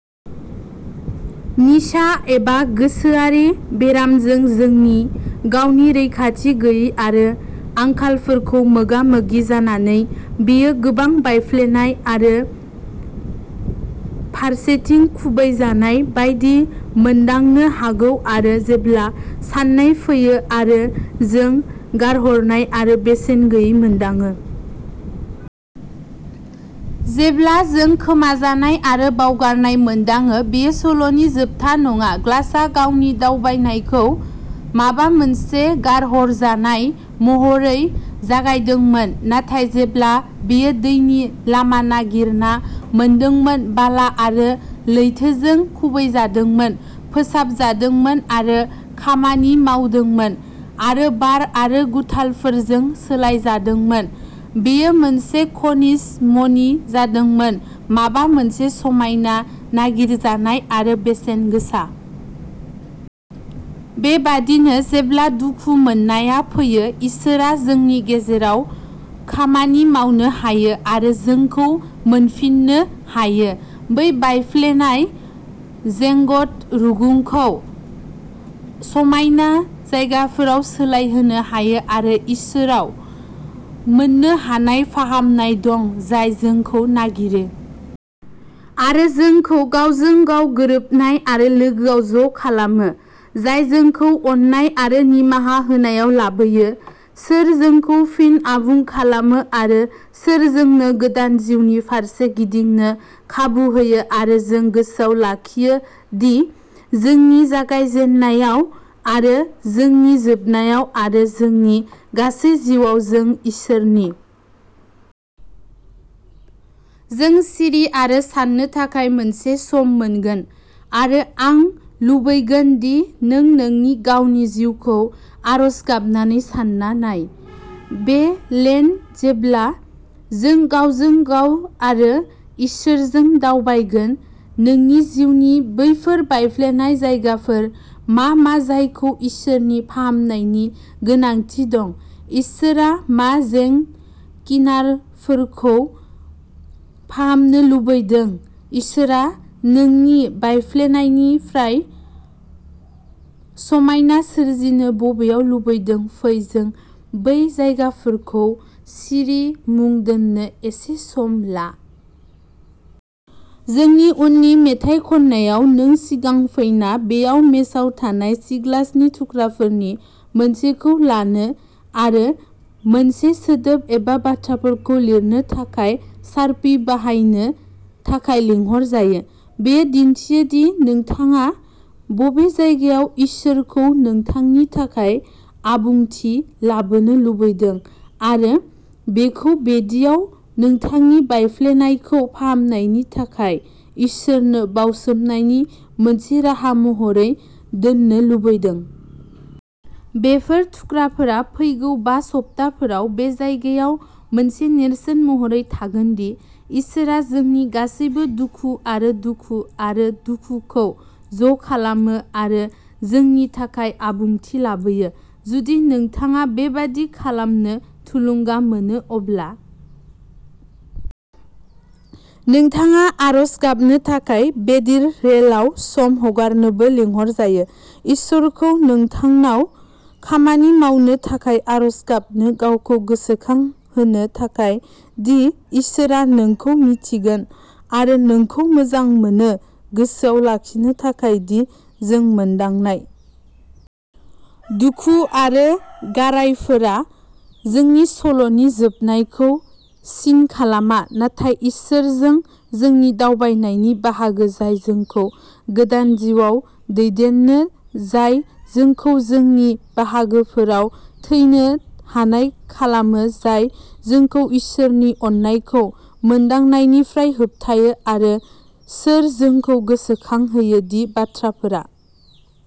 निसा एबा गोसोआरि बेरामजों जोंनि गावनि रैखाथि गैयै आरो आंखालफोरखौ मोगा मोगि जानानै बेयो गोबां बायफ्लेनाय आरो फारसेथिं खुबैजानाय बायदि मोनदांनो हागौ आरो जेब्ला सानाय फैयो आरो जों गारहरनाय आरो बेसेन गैयै मोनदाङो जेब्ला जों खोमाजानाय आरो बावगारनाय मोनदाङो बेयो सल'नि जोबथा नङा ग्लासआ गावनि दावबायनायखौ माबा मोनसे गारहरजानाय महरै जागायदोंमोन नाथाय जेब्ला बेयो दैनि लामा नागिरना मोनदोंमोन बाला आरो लैथोजों खुबैजादोंमोन फोसाबजादोंमोन आरो खामानि मावदोंमोन आरो बार आरो गुथालफोरजों सोलायजादोंमोन बेयो मोनसे खनिज मणि जादोंमोन माबा मोनसे समायना, नागिरजानाय आरो बेसेनगोसा। बे बायदिनो जेब्ला दुखु मोननाया फैयो इसोरआ जोंनि गेजेराव खामानि मावनो हायो आरो जोंखौ मोनफिननो हायो बै बायफ्लेनाय जेग्ड रुगुंफोरखौ समायना जायगाफोराव सोलायहोनो हायो आरो इसोराव मोननो हानाय फाहामनाय दं जाय जोंखौ नागिरो आरो जोंखौ गावजों गाव गोरोबनाय आरो लोगोयाव ज'खालामो जाय जोंखौ अननाय आरो निमाहा होनायाव लाबोयो सोर जोंखौ फिन आबुं खालामो आरो सोर जोंनो गोदान जिउनि फारसे गिदिंनो खाबु होयो आरो जों गोसोआव लाखिजायो दि जोंनि जागायजेन्नायाव आरो जोंनि जोबनायाव आरो जोंनि गासै जिउआव-जों इसोरनि। जों सिरि आरो सान्नो थाखाय मोनसे सम मोनगोन आरो आं लुबैगोन दि नों नोंनि गावनि जिउखौ आरज गाबनानै सान्ना नाय। बे लेन्ट जेब्ला जों गावजों गाव आरो इसोरजों दावबायगोन नोंनि जिउनि बैफोर बायफ्लेनाय जायगाफोर मा मा जायखौ इसोरनि फाहामनायनि गोनांथि दं इसोरआ मा जेग्ड किनारफोरखौ फाहामनो लुबैदों इसोरआ नोंनि बायफ्लेनायनिफ्राय समायना सोरजिनो बबेयाव लुबैदों फै जों बै जायगाफोरखौ सिरि मुं दोन्नो एसे सम ला। जोंनि उननि मेथाइ खननायाव नों सिगां फैना बेयाव मेजआव थानाय सिग्लासनि थुख्राफोरनि मोनसेखौ लानो आरो मोनसे सोदोब एबा बाथ्राफोरखौ लिरनो थाखाय शार्पि बाहायनो थाखाय लिंहरजायो। बेयो दिन्थियो दि नोंथाङा बबे जायगायाव इसोरखौ नोंथांनि थाखाय आबुंथि लाबोनो लुबैदों आरो बेखौ बेदियाव नोंथांनि बायफ्लेनायखौ फाहामनायनि थाखाय इसोरनो बावसोमनायनि मोनसे राहा महरै दोननो लुबैदों। बेफोर थुख्राफोरा फैगौ बा सप्ताफोराव बे जायगायाव मोनसे नेरसोन महरै थागोन दि इसोरआ जोंनि गासैबो दुखु आरो दुखु आरो दुखुखौ ज'खालामो आरो जोंनि थाखाय आबुंथि लाबोयो। जुदि नोंथाङा बेबादि खालामनो थुलुंगा मोनो अब्ला नोंथाङा आरज गाबनो थाखाय बेदिर रेलआव सम हगारनोबो लिंहरजायो इसोरखौ नोंथांनाव खामानि मावनो थाखाय आरज गाबनो गावखौ गोसोखांहोनो थाखाय दि इसोरआ नोंखौ मिन्थिगोन आरो नोंखौ मोजां मोनो गोसोआव लाखिनो थाखाय दि जों मोनदांनाय दुखु आरो गारायफोरा जोंनि सल'नि जोबनायखौ सिन खालामा नाथाय इसोरजों जोंनि दावबायनायनि बाहागो जाय जोंखौ गोदान जिउआव दैदेनो जाय जोंखौ जोंनि बाहागोफोराव थैनो हानाय खालामो जाय जोंखौ इसोरनि अननायखौ मोनदांनायनिफ्राय होबथायो आरो सोर जोंखौ गोसोखांहोयो दि बाथ्राफोरा